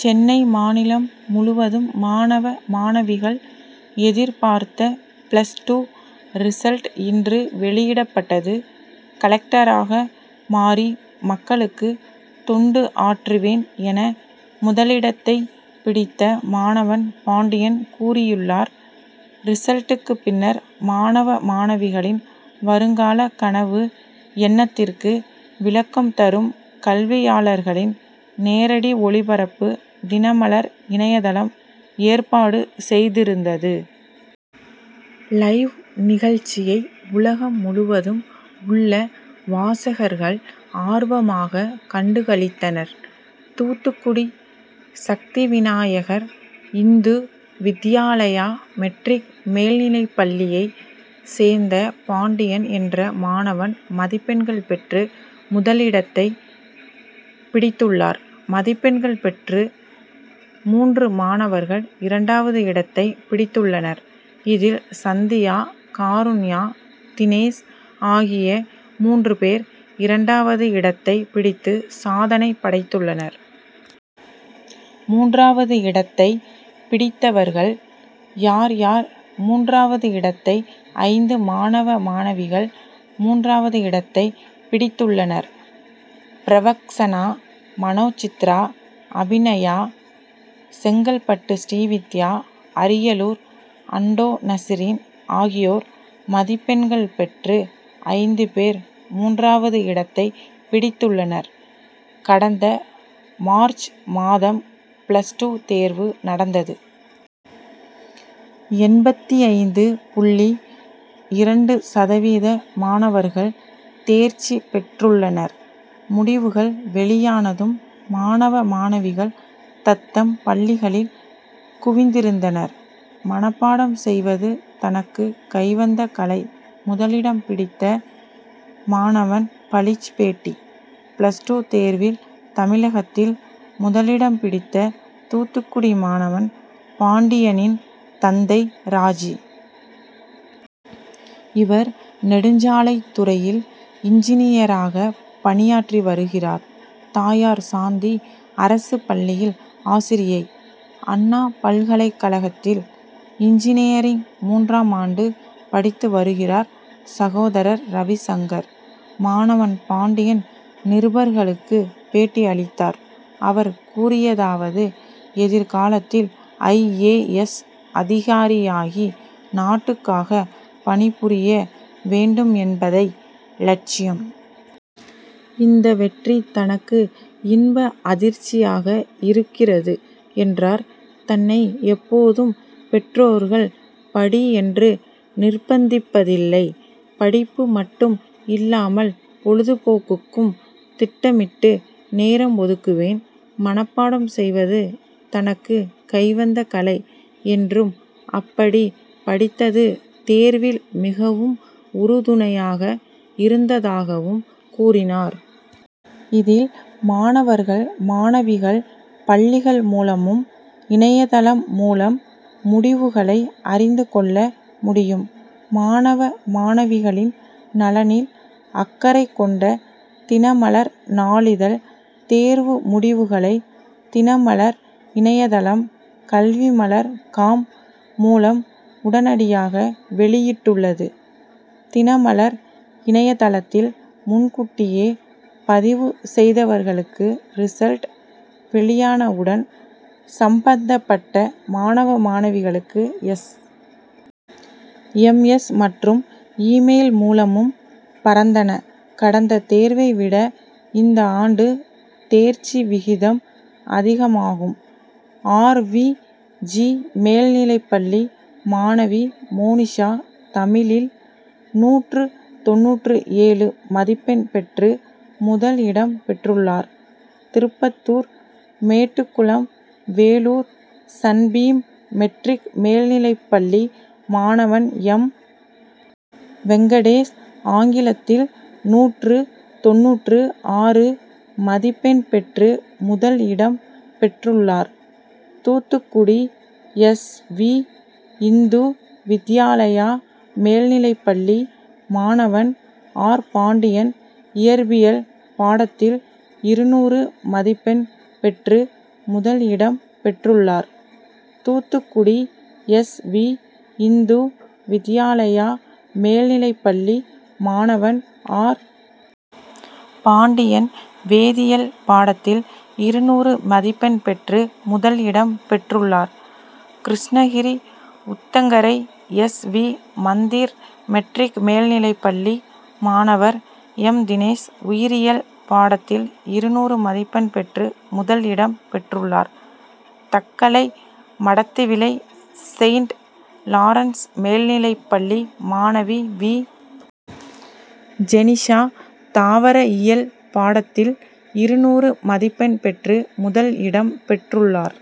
சென்னை மாநிலம் முழுவதும் மாணவ மாணவிகள் எதிர்பார்த்த பிளஸ் டூ ரிசல்ட் இன்று வெளியிடப்பட்டது. கலெக்டராக மாறி மக்களுக்கு தொண்டு ஆற்றுவேன் என முதலிடத்தை பிடித்த மாணவன் பாண்டியன் கூறியுள்ளார். ரிசல்ட்டுக்கு பின்னர் மாணவ மாணவிகளின் வருங்கால கனவு எண்ணத்திற்கு விளக்கம் தரும் கல்வியாளர்களின் நேரடி ஒளிபரப்பு தினமலர் இணையதளம் ஏற்பாடு செய்திருந்தது. லைவ் நிகழ்ச்சியை உலகம் முழுவதும் உள்ள வாசகர்கள் ஆர்வமாக கண்டுகளித்தனர். தூத்துக்குடி சக்தி விநாயகர் இந்து வித்யாலயா மெட்ரிக் மேல்நிலைப்பள்ளியை சேர்ந்த பாண்டியன் என்ற மாணவன் மதிப்பெண்கள் பெற்று முதலிடத்தை பிடித்துள்ளார். மதிப்பெண்கள் பெற்று மூன்று மாணவர்கள் இரண்டாவது இடத்தை பிடித்துள்ளனர். இதில் சந்தியா காருண்யா தினேஷ் ஆகிய மூன்று பேர் இரண்டாவது இடத்தை பிடித்து சாதனை படைத்துள்ளனர். மூன்றாவது இடத்தை பிடித்தவர்கள் யார் யார் மூன்றாவது இடத்தை ஐந்து மாணவ மாணவிகள் மூன்றாவது இடத்தை பிடித்துள்ளனர். பிரவக்சனா மனோசித்ரா அபிநயா செங்கல்பட்டு ஸ்ரீவித்யா அரியலூர் அண்டோ நசீரின் ஆகியோர் மதிப்பெண்கள் பெற்று ஐந்து பேர் மூன்றாவது இடத்தை பிடித்துள்ளனர். கடந்த மார்ச் மாதம் பிளஸ் டூ தேர்வு நடந்தது. எண்பத்திஐந்து புள்ளி இரண்டு சதவீத மாணவர்கள் தேர்ச்சி பெற்றுள்ளனர். முடிவுகள் வெளியானதும் மாணவ மாணவிகள் தத்தம் பள்ளிகளில் குவிந்திருந்தனர். மணப்பாடம் செய்வது தனக்கு கைவந்த கலை முதலிடம் பிடித்த மாணவன் பளீச் பேட்டி பிளஸ் டூ தேர்வில் தமிழகத்தில் முதலிடம் பிடித்த தூத்துக்குடி மாணவன் பாண்டியனின் தந்தை ராஜூ. இவர் நெடுஞ்சாலைத் துறையில் இன்ஜினியராக பணியாற்றி வருகிறார். தாயார் சாந்தி அரசு பள்ளியில் ஆசிரியை. அண்ணா பல்கலைக்கழகத்தில் இன்ஜினியரிங் மூன்றாம் ஆண்டு படித்து வருகிறார் சகோதரர் ரவி சங்கர். மாணவன் பாண்டியன் நிருபர்களுக்கு பேட்டி அளித்தார். அவர் கூறியதாவது எதிர்காலத்தில் ஐ. ஏ. எஸ். அதிகாரியாகி நாட்டுக்காக பணி புரிய வேண்டும் என்பதை லட்சியம். இந்த வெற்றி தனக்கு இன்ப அதிர்ச்சியாக இருக்கிறது என்றார். தன்னை எப்போதும் பெற்றோர்கள் படி என்று நிர்பந்திப்பதில்லை படிப்பு மட்டும் இல்லாமல் பொழுதுபோக்குக்கும் திட்டமிட்டு நேரம் ஒதுக்குவேன். மணப்பாடம் செய்வது தனக்கு கைவந்த கலை என்றும் அப்படி படித்தது தேர்வில் மிகவும் உறுதுணையாக இருந்ததாகவும் கூறினார். இதில் மாணவர்கள் மாணவிகள் பள்ளிகள் மூலமும் இணையதளம் மூலம் முடிவுகளை அறிந்து கொள்ள முடியும். மாணவ மாணவிகளின் நலனில் அக்கறை கொண்ட தினமலர் நாளிதழ் தேர்வு முடிவுகளை தினமலர் இணையதளம் கல்விமலர் காம் மூலம் உடனடியாக வெளியிட்டுள்ளது. தினமலர் இணையதளத்தில் முன்கூட்டியே பதிவு செய்தவர்களுக்கு ரிசல்ட் வெளியான உடன் சம்பந்தப்பட்ட மாணவ மாணவிகளுக்கு எஸ். எம். எஸ். மற்றும் இ மெயில் மூலமும் பறந்தன. கடந்த தேர்வை விட இந்த ஆண்டு தேர்ச்சி விகிதம் அதிகமாகும். ஆர். வி. ஜி. மேல்நிலைப்பள்ளி மாணவி மோனிஷா தமிழில் நூற்று தொண்ணூற்று ஏழு மதிப்பெண் பெற்று முதல் இடம் பெற்றுள்ளார். திருப்பத்தூர் மேட்டுக்குளம் வேலூர் சன்பீம் மெட்ரிக் மேல்நிலைப்பள்ளி மாணவன் எம். வெங்கடேஷ் ஆங்கிலத்தில் நூற்று தொண்ணூற்று ஆறு மதிப்பெண் பெற்று முதல் இடம் பெற்றுள்ளார். தூத்துக்குடி எஸ். வி. இந்து வித்யாலயா மேல்நிலைப்பள்ளி மாணவன் ஆர். பாண்டியன் இயற்பியல் பாடத்தில் இருநூறு மதிப்பெண் பெற்று முதல் இடம் பெற்றுள்ளார். தூத்துக்குடி எஸ். வி. இந்து வித்யாலயா மேல்நிலைப்பள்ளி மாணவன் ஆர். பாண்டியன் வேதியல் பாடத்தில் இருநூறு மதிப்பெண் பெற்று முதல் இடம் பெற்றுள்ளார். Krishnagiri Uthangarai S. V. Mandir matric மேல்நிலைப்பள்ளி மாணவர் எம். தினேஷ் உயிரியல் பாடத்தில் இருநூறு மதிப்பெண் பெற்று முதல் இடம் பெற்றுள்ளார். தக்கலை மடத்துவிளை செயின்ட் லாரன்ஸ் மேல்நிலைப்பள்ளி மாணவி வி. ஜெனிஷா தாவர இயல் பாடத்தில் இருநூறு மதிப்பெண் பெற்று முதல் இடம் பெற்றுள்ளார்.